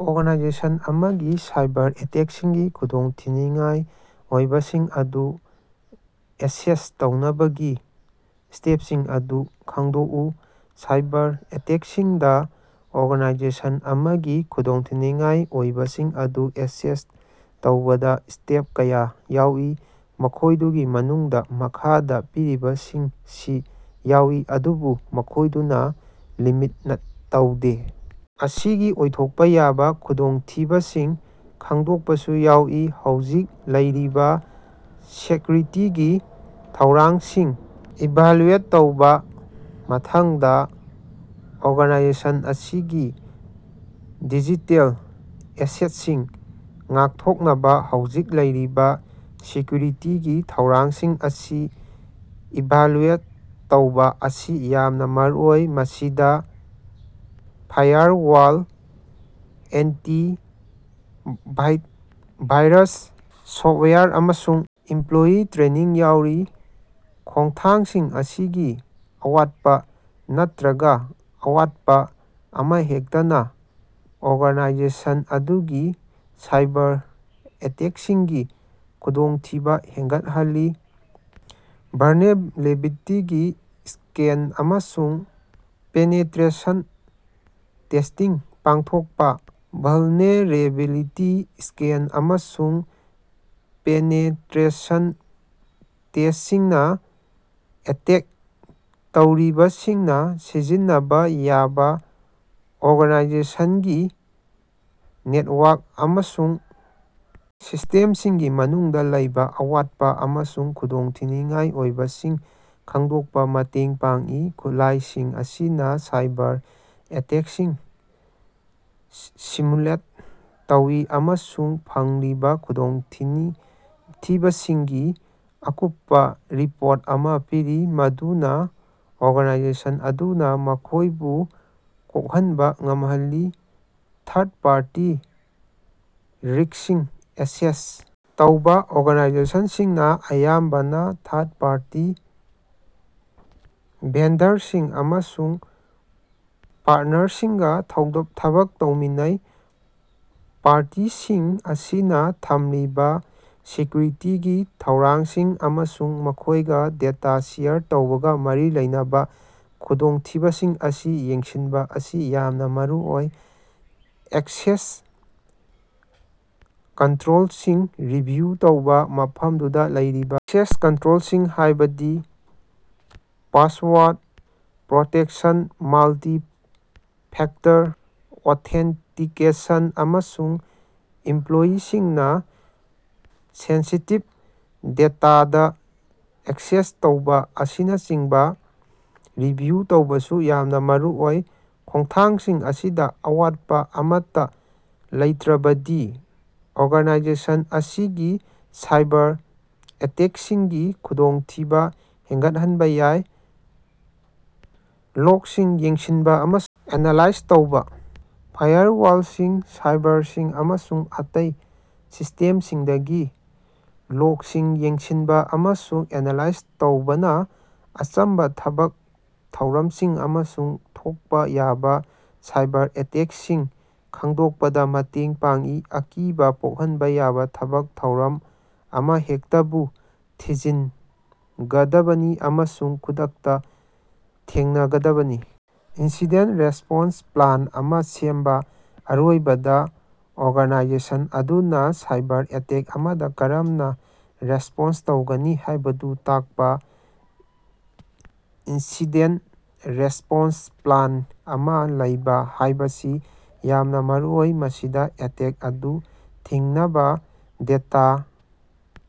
Organisation ꯑꯃꯒꯤ cyber ꯑꯦꯇꯦꯛꯁꯤꯡꯒꯤ ꯈꯨꯗꯣꯡꯊꯤꯅꯤꯉꯥꯏ ꯑꯣꯏꯕꯁꯤꯡ ꯑꯗꯨ ꯑꯦꯁꯦꯁ ꯇꯧꯅꯕꯒꯤ ꯁ꯭ꯇꯦꯞꯁꯤꯡ ꯑꯗꯨ ꯈꯪꯗꯣꯛꯎ꯫ ꯁꯥꯏꯕꯔ ꯑꯦꯇꯦꯛꯁꯤꯡꯗꯥ ꯑꯣꯔꯒꯥꯅꯥꯏꯖꯦꯁꯟ ꯑꯃꯒꯤ ꯈꯨꯗꯣꯡꯊꯤꯅꯤꯉꯥꯏ ꯑꯣꯏꯕꯁꯤꯡ ꯑꯗꯨ ꯑꯦꯁꯦꯁ ꯇꯧꯕꯗꯥ ꯁ꯭ꯇꯦꯞ ꯀꯌꯥ ꯌꯥꯎꯏ꯫ ꯃꯈꯣꯏꯗꯨꯒꯤ ꯃꯅꯨꯡꯗꯥ ꯃꯈꯥꯗꯥ ꯄꯤꯔꯤꯕꯁꯤꯡꯁꯤ ꯌꯥꯎꯏ, ꯑꯗꯨꯕꯨ ꯃꯈꯣꯏꯗꯨꯗ ꯂꯤꯃꯤꯠ ꯇꯧꯗꯦ: ꯑꯁꯤꯒꯤ ꯑꯣꯏꯊꯣꯛꯄ ꯌꯥꯕ ꯈꯨꯗꯣꯡꯊꯤꯕꯁꯤꯡ ꯈꯪꯗꯣꯛꯄꯁꯨ ꯌꯥꯎꯏ꯫ ꯍꯧꯖꯤꯛ ꯂꯩꯔꯤꯕꯥ ꯁꯦꯛꯌꯨꯔꯤꯇꯤꯒꯤ ꯊꯧꯔꯥꯡꯁꯤꯡ ꯏꯚꯥꯂꯨꯑꯦꯠ ꯇꯧꯕꯥ: ꯃꯊꯪꯗꯥ ꯑꯣꯔꯒꯅꯥꯏꯖꯦꯁꯟ ꯑꯁꯤꯒꯤ ꯗꯤꯖꯤꯇꯦꯜ ꯑꯦꯁꯦꯠꯁꯤꯡ ꯉꯥꯛꯊꯣꯛꯅꯕꯥ ꯍꯧꯖꯤꯛ ꯂꯩꯔꯤꯕꯥ ꯁꯦꯛꯌꯨꯔꯤꯇꯤꯒꯤ ꯊꯧꯔꯥꯡꯁꯤꯡ ꯑꯁꯤ ꯏꯚꯥꯂꯨꯑꯦꯠ ꯇꯧꯕꯥ ꯑꯁꯤ ꯌꯥꯝꯅꯥ ꯃꯔꯨꯑꯣꯏ꯫ ꯃꯁꯤꯗꯥ ꯐꯥꯏꯌꯔꯋꯥꯜ, ꯑꯦꯟꯇꯤꯚꯥꯏꯔꯁ ꯁꯣꯐꯋꯥꯌꯔ, ꯑꯃꯁꯨꯡ ꯏꯝꯄꯂꯣꯌꯤ ꯇ꯭ꯔꯦꯅꯤꯡ ꯌꯥꯎꯔꯤ꯫ ꯈꯣꯡꯊꯥꯡꯁꯤꯡ ꯑꯁꯤꯒꯤ ꯑꯋꯥꯠꯄ ꯅꯠꯇ꯭ꯔꯒꯥ ꯑꯋꯥꯠꯄꯥ ꯑꯃꯍꯦꯛꯇꯅ ꯑꯣꯔꯒꯥꯅꯥꯏꯖꯦꯁꯟ ꯑꯗꯨꯒꯤ ꯁꯥꯏꯕꯔ ꯑꯦꯇꯦꯛꯁꯤꯡꯒꯤ ꯈꯨꯗꯣꯡꯊꯤꯕ ꯍꯦꯟꯒꯠꯍꯜꯂꯤ꯫ ꯚꯂꯅꯦꯔꯦꯕꯤꯂꯤꯇꯤ ꯁ꯭ꯀꯦꯟ ꯑꯃꯁꯨꯡ ꯄꯦꯅꯦꯇꯔꯦꯁꯟ ꯇꯦꯁꯇꯤꯡ ꯄꯥꯡꯊꯣꯛꯄꯥ: ꯚꯜꯅꯦꯔꯦꯕꯤꯂꯤꯇꯤ ꯁ꯭ꯀꯦꯟ ꯑꯃꯁꯨꯡ ꯄꯦꯅꯦꯇꯔꯦꯁꯟ ꯇꯦꯁꯇꯤꯡꯅ ꯑꯦꯇꯦꯛ ꯇꯧꯔꯤꯕꯁꯤꯡꯅ ꯁꯤꯖꯤꯟꯅꯕ ꯌꯥꯕꯥ ꯑꯣꯔꯒꯥꯅꯥꯏꯖꯦꯁꯟꯒꯤ ꯅꯦꯠꯋꯥꯔꯛ ꯑꯃꯁꯨꯡ ꯁꯤꯁꯇꯦꯝꯁꯤꯡꯒꯤ ꯃꯅꯨꯡꯗ ꯂꯩꯕ ꯑꯋꯥꯠꯄ ꯑꯃꯁꯨꯡ ꯈꯨꯗꯣꯡꯊꯤꯅꯤꯉꯥꯏ ꯑꯣꯏꯕꯁꯤꯡ ꯈꯪꯗꯣꯛꯄꯗ ꯃꯇꯦꯡ ꯄꯥꯡꯏ꯫ ꯈꯨꯠꯂꯥꯏꯁꯤꯡ ꯑꯁꯤꯅ ꯁꯥꯏꯕꯔ ꯑꯦꯇꯦꯛꯁꯤꯡ ꯁꯤꯃꯨꯂꯦꯠ ꯇꯧꯏ ꯑꯃꯁꯨꯡ ꯐꯪꯂꯤꯕꯥ ꯈꯨꯗꯣꯡꯊꯤꯕꯁꯤꯡꯒꯤ ꯑꯀꯨꯞꯄꯥ ꯔꯤꯄꯣꯔꯠ ꯑꯃꯥ ꯄꯤꯔꯤ, ꯃꯗꯨꯅꯥ ꯑꯣꯔꯒꯥꯅꯥꯏꯖꯦꯁꯟ ꯑꯗꯨꯅ ꯃꯈꯣꯏꯕꯨ ꯀꯣꯛꯍꯟꯕ ꯉꯝꯍꯜꯂꯤ꯫ ꯊꯥꯔꯠ ꯄꯥꯔꯇꯤ ꯔꯤꯛꯁꯁꯤꯡ ꯑꯦꯁꯦꯁ ꯇꯧꯕꯥ: ꯑꯣꯔꯒꯥꯅꯥꯏꯖꯦꯁꯟꯁꯤꯡꯅ ꯑꯌꯥꯝꯕꯅ ꯊꯥꯔꯠꯄꯥꯔꯇꯤ ꯚꯦꯟꯗꯔꯁꯤꯡ ꯑꯃꯁꯨꯡ ꯄꯥꯔꯠꯅꯔꯁꯤꯡꯒꯥ ꯊꯕꯛ ꯇꯧꯃꯤꯟꯅꯩ꯫ ꯄꯥꯔꯇꯤꯁꯤꯡ ꯑꯁꯤꯅꯥ ꯊꯝꯂꯤꯕ ꯁꯦꯀ꯭ꯌꯨꯔꯤꯇꯤꯒꯤ ꯊꯧꯔꯥꯡꯁꯤꯡ ꯑꯃꯁꯨꯡ ꯃꯈꯣꯏꯒ ꯗꯦꯇꯥ ꯁꯦꯌꯔ ꯇꯧꯕꯒ ꯃꯔꯤ ꯂꯩꯅꯕꯥ ꯈꯨꯗꯣꯡꯊꯤꯕꯁꯤꯡ ꯑꯁꯤ ꯌꯦꯡꯁꯤꯟꯕ ꯑꯁꯤ ꯌꯥꯝꯅ ꯃꯔꯨꯑꯣꯏ꯫ ꯑꯦꯛꯁꯦꯁ ꯀꯟꯇ꯭ꯔꯣꯜꯁꯤꯡ ꯔꯤꯚꯤꯌꯨ ꯇꯧꯕ: ꯃꯐꯝꯗꯨꯗ ꯂꯩꯔꯤꯕ ꯑꯦꯛꯁꯦꯁ ꯀꯟꯇ꯭ꯔꯣꯜꯁꯤꯡ, ꯍꯥꯏꯕꯗꯤ ꯄꯥꯁꯋꯥꯔꯗ ꯄ꯭ꯔꯣꯇꯦꯛꯁꯟ, ꯃꯜꯇꯤ-ꯐꯦꯛꯇꯔ ꯑꯣꯊꯦꯟꯇꯤꯀꯦꯁꯟ, ꯑꯃꯁꯨꯡ ꯏꯝꯄꯂꯣꯌꯤꯁꯤꯡꯅ ꯁꯦꯟꯁꯤꯇꯤꯚ ꯗꯦꯇꯥꯗꯥ ꯑꯦꯛꯁꯦꯁ ꯇꯧꯕꯥ ꯑꯁꯤꯅꯆꯤꯡꯕ ꯔꯤꯚꯤꯌꯨ ꯇꯧꯕꯁꯨ ꯌꯥꯝꯅ ꯃꯔꯨꯑꯣꯏ꯫ ꯈꯣꯡꯊꯥꯡꯁꯤꯡ ꯑꯁꯤꯗꯥ ꯑꯋꯥꯠꯄꯥ ꯑꯃꯠꯇꯥ ꯂꯩꯇ꯭ꯔꯕꯗꯤ ꯑꯣꯔꯒꯅꯥꯏꯖꯦꯁꯟ ꯑꯁꯤꯒꯤ ꯁꯥꯏꯕꯔ ꯑꯦꯇꯦꯛꯁꯤꯡꯒꯤ ꯈꯨꯗꯣꯡꯊꯤꯕ ꯍꯦꯟꯒꯠꯍꯟꯕ ꯌꯥꯏ꯫ ꯂꯣꯒꯁꯤꯡ ꯌꯦꯡꯁꯤꯟꯕ ꯑꯃꯁꯨꯡ ꯑꯦꯅꯥꯂꯥꯏꯖ ꯇꯧꯕ: ꯐꯥꯏꯌꯔꯋꯥꯜꯁꯤꯡ, ꯁꯔꯚꯔꯁꯤꯡ ꯑꯃꯁꯨꯡ ꯑꯇꯩ ꯁꯤꯁꯇꯦꯝꯁꯤꯡꯗꯒꯤ ꯂꯣꯒꯁꯤꯡ ꯌꯦꯡꯁꯤꯟꯕ ꯑꯃꯁꯨꯡ ꯑꯦꯅꯥꯂꯥꯏꯖ ꯇꯧꯕꯅ ꯑꯆꯝꯕ ꯊꯕꯛ ꯊꯧꯔꯝꯁꯤꯡ ꯑꯃꯁꯨꯡ ꯊꯣꯛꯄꯥ ꯌꯥꯕꯥ ꯁꯥꯏꯕꯔ ꯑꯦꯇꯦꯛꯁꯤꯡ ꯈꯪꯗꯣꯛꯄꯗ ꯃꯇꯦꯡ ꯄꯥꯡꯏ꯫ ꯑꯀꯤꯕ ꯄꯣꯛꯍꯟꯕ ꯌꯥꯕꯥ ꯊꯕꯛ ꯊꯧꯔꯝ ꯑꯃꯍꯦꯛꯇꯕꯨ ꯊꯤꯖꯤꯟꯒꯗꯕꯅꯤ ꯑꯃꯁꯨꯡ ꯈꯨꯗꯛꯇ ꯊꯦꯡꯅꯒꯗꯕꯅꯤ꯫ ꯏꯟꯁꯤꯗꯦꯟ ꯔꯦꯁꯄꯣꯟꯁ ꯄ꯭ꯂꯥꯟ ꯑꯃ ꯁꯦꯝꯕ: ꯑꯔꯣꯏꯕꯗ, ꯑꯣꯔꯒꯥꯅꯥꯏꯖꯦꯁꯟ ꯑꯗꯨꯅꯥ ꯁꯥꯏꯕꯔ ꯑꯦꯇꯦꯛ ꯑꯃꯗꯥ ꯀꯔꯝꯅ ꯔꯦꯁꯄꯣꯟꯁ ꯇꯧꯒꯅꯤ ꯍꯥꯏꯕꯗꯨ ꯇꯥꯛꯄ ꯏꯟꯁꯤꯗꯦꯟ ꯔꯦꯁ꯭ꯄꯣꯟꯁ ꯄ꯭ꯂꯥꯟ ꯑꯃ ꯂꯩꯕ ꯍꯥꯏꯕꯁꯤ ꯌꯥꯝꯅ ꯃꯔꯨꯑꯣꯏ꯫ ꯃꯁꯤꯗ ꯑꯦꯇꯦꯛ ꯑꯗꯨ ꯊꯤꯡꯅꯕꯥ, ꯗꯦꯇꯥ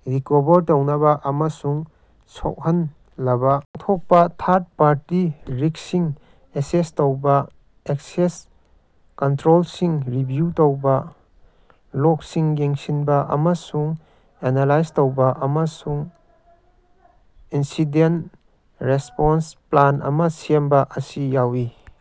ꯔꯤꯀꯣꯚꯔ ꯇꯧꯅꯕ ꯑꯃꯁꯨꯡ ꯁꯣꯛꯍꯜꯂꯕ ꯄꯥꯡꯊꯣꯛꯄꯥ, ꯊꯥꯔꯠ ꯄꯥꯔꯇꯤ ꯔꯤꯛꯁꯁꯤꯡ ꯑꯦꯁꯦꯁ ꯇꯧꯕꯥ, ꯑꯦꯛꯁꯦꯁ ꯀꯟꯇ꯭ꯔꯣꯜꯁꯤꯡ ꯔꯤꯚꯤꯌꯨ ꯇꯧꯕ, ꯂꯣꯒꯁꯤꯡ ꯌꯦꯡꯁꯤꯟꯕ ꯑꯃꯁꯨꯡ ꯑꯦꯅꯥꯂꯥꯏꯖ ꯇꯧꯕ, ꯑꯃꯁꯨꯡ ꯏꯟꯁꯤꯗꯦꯟ ꯔꯦꯁꯄꯣꯟꯁ ꯄ꯭ꯂꯥꯟ ꯑꯃ ꯁꯦꯝꯕ ꯑꯁꯤ ꯌꯥꯎꯏ꯫